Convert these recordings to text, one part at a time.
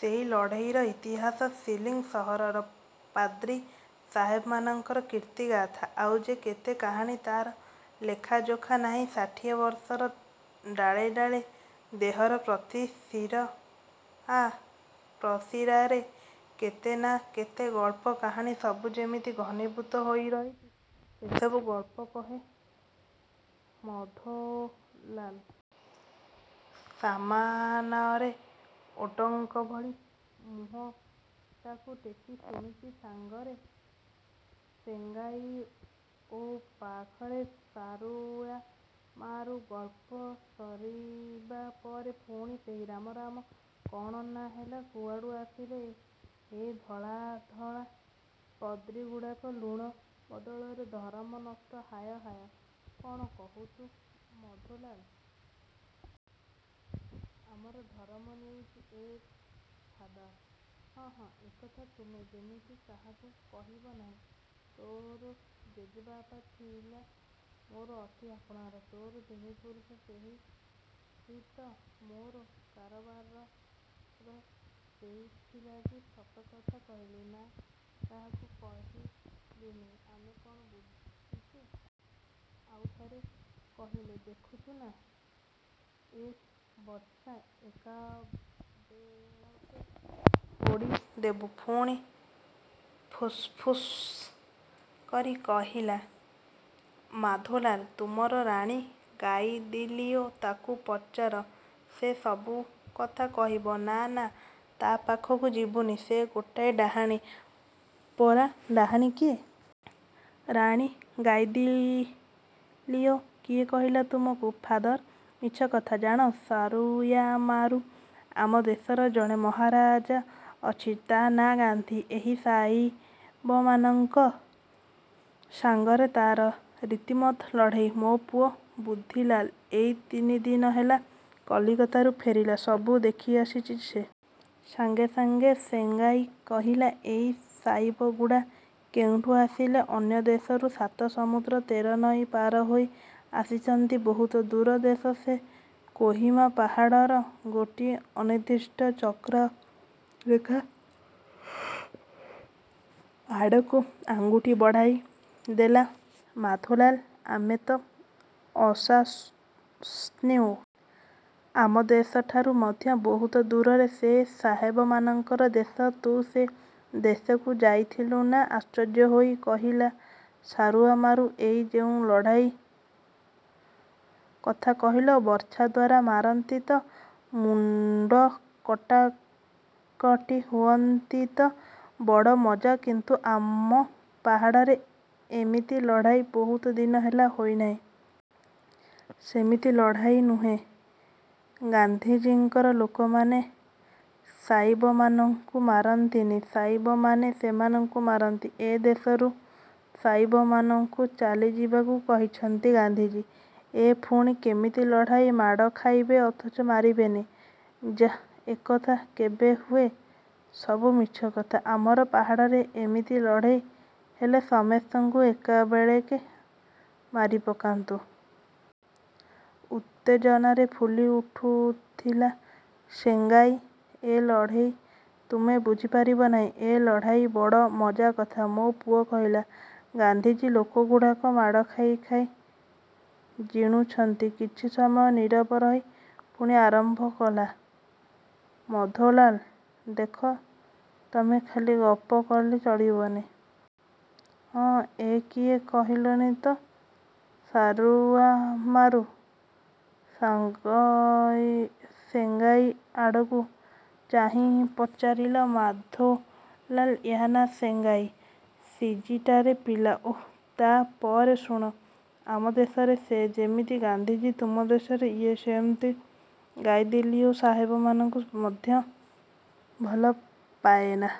ସେଇ ଲଢ଼େଇର ଇତିହାସ। ଶିଲଂ ସହରର ପାଦ୍ରୀ ସାହେବମାନଙ୍କର କୀର୍ତ୍ତିଗାଥା। ଆଉ ଯେ କେତେ କାହାଣୀ ତାର ଲେଖାଯୋଖା ନାହିଁ। ଷାଠିଏ ବର୍ଷର ଡ଼ାଳେ ଡ଼ାଳେ, ଦେହର ପ୍ରତି ଶିରା ପ୍ରଶିରାରେ କେତେ ନା କେତେ ଗଳ୍ପ, କାହାଣୀ ସବୁ ଯେମିତି ଘନୀଭୂତ ହୋଇରହିଚି। ସେସବୁ ଗଳ୍ପ କହେ ମଧୋଲାଲ। ସାମାନରେ ଓଟଙ୍କ ଭଳି ମୁହଁଟାକୁ ଟେକି ଶୁଣୁଚି ସାଙ୍ଗରେ ସେଙ୍ଗାଇ ଓ ପାଖରେ ସାରୁୟାମାରୁ। ଗଳ୍ପ ସରିବା ପରେ ପୁଣି ସେହି ରାମ ରାମ। କ'ଣ ନା ହେଲା। କୁଆଡ଼ୁ ଆସିଲେ ଏଇ ଏ ଧଳା ଧଳା ପଦ୍ରୀଗୁଡ଼ାକ। ଲୁଣ ବଦଳରେ ଧରମ ନଷ୍ଟ ହାୟ ହାୟ। କଣ କହୁଚୁ ମଧୋଲାଲ। ଆମର ଧରମ ନେଉଚି ଏ ଫାଦର? ହଁ ହଁ, ଏକଥା ତୁମେ ଯେମିତି କାହାକୁ କହିବ ନାହିଁ। ତୋର ଜେଜେବାପା ଥିଲା ମୋର ଅତି ଆପଣାର। ତୋର ତିନି ପୁରୁଷ ସହିତ ମୋର କାରବାର ସେଇଥିଲାଗି ସତକଥା କହିଲି। ନା, କାହାକୁ କହିବିନି। ଆମେ କଣ ବୁଝିଚୁ? ଆଉ ଥରେ କହିଲେ ଦେଖୁଚୁନା ଏ ବର୍ଚ୍ଛା, ଏକାବେଳକେ ଫୋଡ଼ି ଦେବୁ। ପୁଣି ଫୁସ୍ଫୁସ୍ କରି କହିଲା ମଧୋଲାଲ ତୁମର ରାଣୀ ଗାଇଦିଲିଓ ତାକୁ ପଚାର, ସେ ସବୁକଥା କହିବ। ନା, ନା; ତା ପାଖକୁ ଯିବୁନି, ସେ ଗୋଟାଏ ଡାହାଣୀ ପରା। ଡାହାଣୀ କିଏ? ରାଣୀ ଗାଇଦିଲିଓ? କିଏ କହିଲା ତୁମକୁ? ଫାଦର। ମିଛ କଥା। ଜାଣ ସାରୁୟାମାରୁ। ଆମ ଦେଶର ଜଣେ ମହାରାଜା ଅଛି। ତା ନାଁ ଗାନ୍ଧୀ। ଏହି ସାଇବମାନଙ୍କ ସାଙ୍ଗରେ ତାର ରୀତିମତ ଲଢ଼େଇ। ମୋ ପୁଅ ବୁଧିଲାଲ ଏଇ ତିନିଦିନ ହେଲା କଲିକତାରୁ ଫେରିଲା। ସବୁ ଦେଖିଆସିଚି ସେ। ସାଙ୍ଗେ ସାଙ୍ଗେ ସେଙ୍ଗାଇ କହିଲା ଏଇ ସାଇବଗୁଡ଼ା କେଉଁଠୁ ଆସିଲେ? ଅନ୍ୟ ଦେଶରୁ ସାତ ସମୁଦ୍ର ତେର ନଈ ପାର ହୋଇ ଆସିଛନ୍ତି। ବହୁତ ଦୂର ଦେଶ ସେ। କୋହିମା ପାହାଡ଼ର ଗୋଟିଏ ଅନିର୍ଦ୍ଦିଷ୍ଟ ଚକ୍ରରେଖା ଆଡ଼କୁ ଆଙ୍ଗୁଠି ବଢ଼ାଇଦେଲା ମଧୋଲାଲ। ଆମେ ତ ଅସାସନ୍ୟୁ। ଆମ ଦେଶଠାରୁ ମଧ୍ୟ ବହୁତ ଦୂରରେ ସେ ସାହେବମାନଙ୍କର ଦେଶ। ତୁ ସେ ଦେଶକୁ ଯାଇଥିଲୁ? ନାଁ। ଆଶ୍ଚର୍ଯ୍ୟ ହୋଇ କହିଲା ସାରୁୟାମାରୁ ଏଇ ଯେଉଁ ଲଢ଼ାଇ କଥା କହିଲ, ବର୍ଚ୍ଛା ଦ୍ୱାରା ମାରନ୍ତି ତ? ମୁଣ୍ଡ କଟାକଟି ହୁଅନ୍ତି ତ? ବଡ଼ ମଜା। କିନ୍ତୁ ଆମ ପାହାଡ଼ରେ ଏମିତି ଲଢ଼ାଇ ବହୁତ ଦିନ ହେଲା ହୋଇନାହିଁ। ସେମିତି ଲଢ଼ାଇ ନୁହେଁ। ଗାନ୍ଧିଜୀଙ୍କର ଲୋକମାନେ ସାଇବମାନଙ୍କୁ ମାରନ୍ତିନି। ସାଇବମାନେ ସେମାନଙ୍କୁ ମାରନ୍ତି। ଏ ଦେଶରୁ ସାଇବମାନଙ୍କୁ ଚାଲିଯିବାକୁ କହିଛନ୍ତି ଗାନ୍ଧିଜୀ। ଏ ପୁଣି କେମିତି ଲଢ଼ାଇ? ମାଡ଼ ଖାଇବେ ଅଥଚ ମାରିବେନି। ଯାଃ, ଏକଥା କେବେ ହୁଏ? ସବୁ ମିଛ କଥା। ଆମର ପାହାଡ଼ରେ ଏମିତି ଲଢ଼େଇ ହେଲେ ସମସ୍ତଙ୍କୁ ଏକାବେଳକେ ମାରିପକାନ୍ତୁ। ଉତ୍ତେଜନାରେ ଫୁଲି ଉଠୁଥିଲା ସେଙ୍ଗାଇ। ଏ ଲଢ଼େଇ ତୁମେ ବୁଝିପାରିବ ନାହିଁ। ଏ ଲଢ଼ାଇ ବଡ଼ ମଜା କଥା। ମୋ ପୁଅ କହିଲା, ଗାନ୍ଧିଜୀ ଲୋକଗୁଡ଼ାକ ମାଡ଼ ଖାଇ ଖାଇ ଜିଣୁଛନ୍ତି। କିଛି ସମୟ ନୀରବ ରହି ପୁଣି ଆରମ୍ଭ କଲା ମଧୋଲାଲ। ଦେଖ, ତମେ ଖାଲି ଗପ କଲେ ଚଳିବନି। ହଁ, ଏ କିଏ କହିଲୁନି ତ ସାରୁୟାମାରୁ। ସାଙ୍ଗଇ ସେଙ୍ଗାଇ ଆଡ଼କୁ ଚାହିଁ ପଚାରିଲା ମାଧୋଲାଲ। ୟାହା ନାଁ ସେଙ୍ଗାଇ। ସିଜିଟାରେ ପିଲା। ଓଃ। ତା ପରେ ଶୁଣ, ଆମ ଦେଶରେ ସେ ଯେମିତି ଗାନ୍ଧିଜୀ, ତୁମ ଦେଶରେ ଇଏ ସେମିତି ଗାଇଦିଲିଓ। ସାହେବମାନଙ୍କୁ ମଧ୍ୟ ଭଲ ପାଏନା।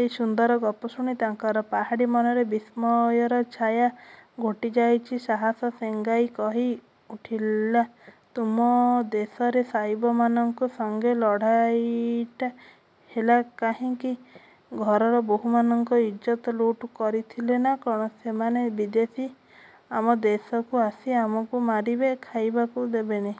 ଏଇ ସୁନ୍ଦର ଗପ ଶୁଣି ତାଙ୍କର ପାହାଡ଼ୀ ମନରେ ବିସ୍ମୟର ଛାୟା ଘୋଟିଯାଇଛି। ସାହସ ସେଙ୍ଗାଇ କହି ଉଠିଲା ତୁମ ଦେଶରେ ସାଇବମାନଙ୍କ ସଙ୍ଗେ ଲଢ଼ାଇଟା ହେଲା କାହିଁକି? ଘରର ବୋହୂମାନଙ୍କ ଇଜ୍ଜତ ଲୁଟ୍ କରିଥିଲେ ନା କଣ? ସେମାନେ ବିଦେଶୀ। ଆମ ଦେଶକୁ ଆସି ଆମକୁ ମାରିବେ, ଖାଇବାକୁ ଦେବେନି।